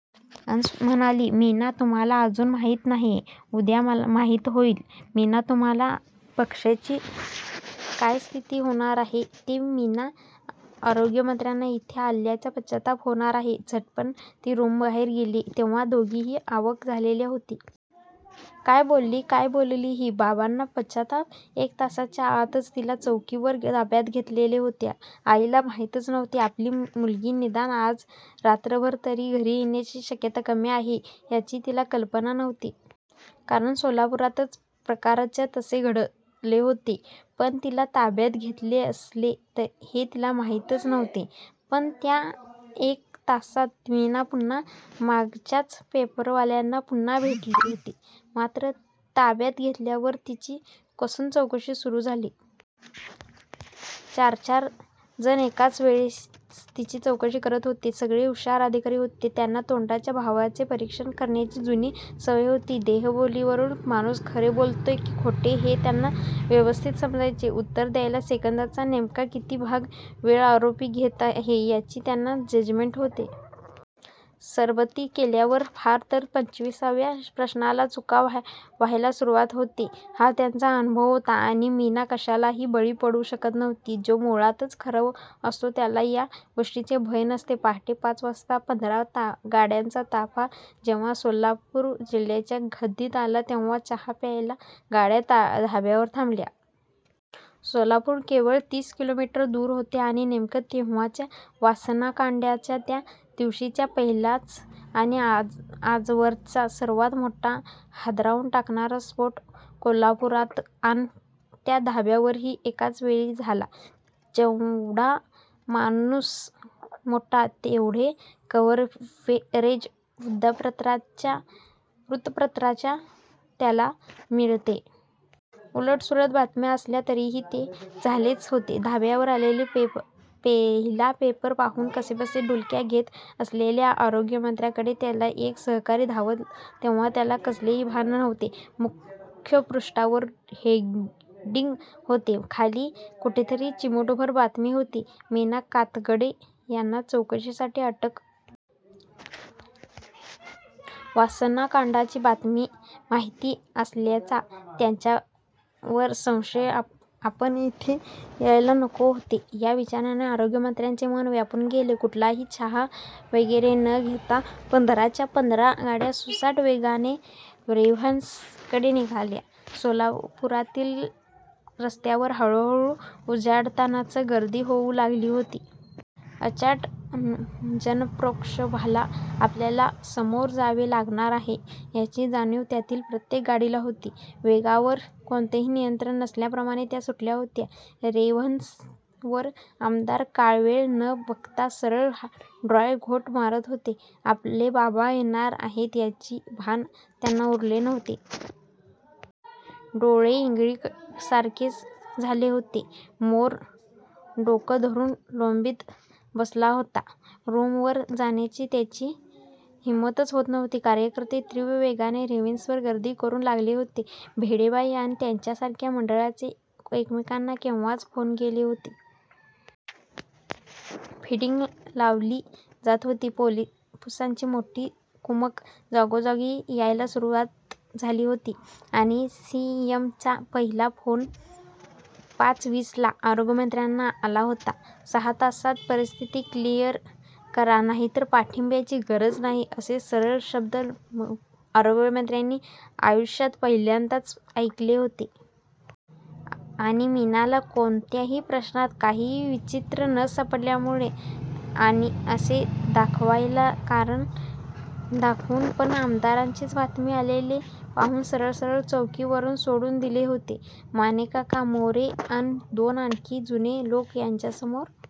अन म्हणाली मीना तुम्हाला अजून माहीत नाहीये. उद्या माहीत होईल. मीना तुमच्या पक्षाची काय स्थिती होणार आहे ते, मीना आरोग्यमंत्र्यांना. इथे आल्याचा पश्चात्ताप होणार आहे. झपकन ती रूमबाहेर गेली तेव्हा दोघेही अवाक झालेले होते. काय बोलली? काय बोलली ही? बाबांना पश्चात्ताप? एक तासाच्या आतच तिला चौकीवर ताब्यात घेतलेले होते. आईला माहीतच नव्हते. आपली मुलगी निदान आज रात्रभर तरी घरी येण्याची शक्यता कमी आहे याची तिला कल्पना होती. कारण सोलापुरात प्रकारच तसे घडले होते. पण तिला ताब्यात घेतले असेल हे तिला माहीतच नव्हते. पण त्या एक तासात मीना पुन्हा मगाचच्याच पेपरवाल्यांना पुन्हा भेटली होती. मात्र ताब्यात घेतल्यावर तिची कसून चौकशी सुरू झाली. चारचार जण एकाच वेळेस तिची चौकशी करत होते. सगळे हुषार अधिकारी होते. त्यांना तोंडावरच्या भावांचे परीक्षण करण्याची जुनी सवय होती. देहबोलीवरून माणूस खरे बोलतोय की खोटे हे त्यांना व्यवस्थित समजायचे. उत्तर द्यायला सेकंदाचा नेमका किती भाग वेळ आरोपी घेत आहे याचे त्यांना जजमेंट होते. सरबत्ती केल्यावर फ़ार तर पंचविसाव्या प्रश्नाला चुका व्हायला सुरुवात होते हा त्यांचा अनुभव होता. आणि मीना कशालाही बळी पडू शकत नव्हती. जो मुळातच खरा असतो त्याला या गोष्टींचे भय नसते. पहाटे पाच वाजता पंधरा गाड्यांचा ताफ़ा जेव्हा सोलापूर जिल्ह्याच्या हद्दीत आला तेव्हा चहा प्यायला गाड्या ढाब्यावर थांबल्या. सोलापूर केवळ तीस किलोमीटर दूर होते. आणि नेमके तेव्हाच, वासनाकांडाचा त्या दिवशीचा पहिलाच आणि आजवरचा सर्वात मोठा हादरवून टाकणारा स्फ़ोट सोलापुरात अन त्या ढाब्यावरही एकाचवेळी झाला. जेवढा माणूस मोठा. तेवढे कव्हरेज वृत्तपत्रात त्याला मिळते. उलटसुलट बातम्या असल्या तरीही, ते झालेच होते. ढाब्यावर आलेला पहिला पेपर पाहून कसेबसे डुलक्या घेत असलेल्या आरोग्यमंत्र्यांकडे त्यांचा एक सहाय्यक धावला तेव्हा त्याला कसलेही भान नव्हते. मुखपृष्ठावर हेडिंग होते.खाली कुठेतरी चिमूटभर बातमी होती. मीना कातगडे यांना चौकशीसाठी अटक.. वासनाकांडाची माहिती असल्याचा त्यांच्यावर संशय आपण इथे यायलाच नको होते या विचाराने आरोग्यमंत्र्यांचे मन व्यापून गेले. कुठलाही चहा वगैरे न पिता पंधराच्या पंधरा गाड्या सुसाट वेगाने रेव्हन्सकडे निघाल्या. सोलापुरातील रस्त्यावर हळूहळू उजाडतानाच गर्दी होऊ लागली होती. अचाट जनप्रक्षोभाला आपल्याला सामोरे जावे लागणार आहे याची जाणीव त्यातील प्रत्येक गाडीला होती. वेगावर कोणतेही नियंत्रण नसल्याप्रमाणे त्या सुटल्या होत्या. रेव्हन्सवर आमदार काळवेळ न बघता सरळ ड्राय घोट मारत होते. आपले बाबा येणार आहेत याचेही भान त्यांना उरले नव्हते. डोळे इंगळीसारखे झाले होते. मोरे डोकं धरून लॊबीत बसला होता. रूमवर जाण्याची त्याची हिंमतच होत नव्हती. कार्यकर्ते तीव्र वेगात रेव्हन्सवर गर्दी करू लागले होते. भेंडेबाई अन त्यांच्यासारख्या मंडळांचे एकमेकांना केव्हाच फ़ोन गेले होते. फ़िल्डींग लावली जात होती. पोलिसांची मोठी कुमक जागोजागी यायला सुरुवात झाली होती. आणि सी. एम. चा पहिला फ़ोन पाच वीसला आरोग्यमंत्र्यांना आला होता. सहा तासात परिस्थिती क्लीअर करा नाहीतर पाठिंब्याची गरज नाही असे सरळ शब्द आरोग्यमंत्र्यांनी आयुष्यात पहिल्यांदाच ऐकले होते. आणि मीनाला,'कोणत्याही प्रश्नात काहीही विचित्र न सापडल्यामुळे' असे दाखवायला कारण दाखवून पण आमदारांचीच बातमी आलेली पाहून सरळ-सरळ चौकीवरून सोडून दिले होते. मानेकाका, मोरे अन दोन आणखीन जुने लोक यांच्यासमोर.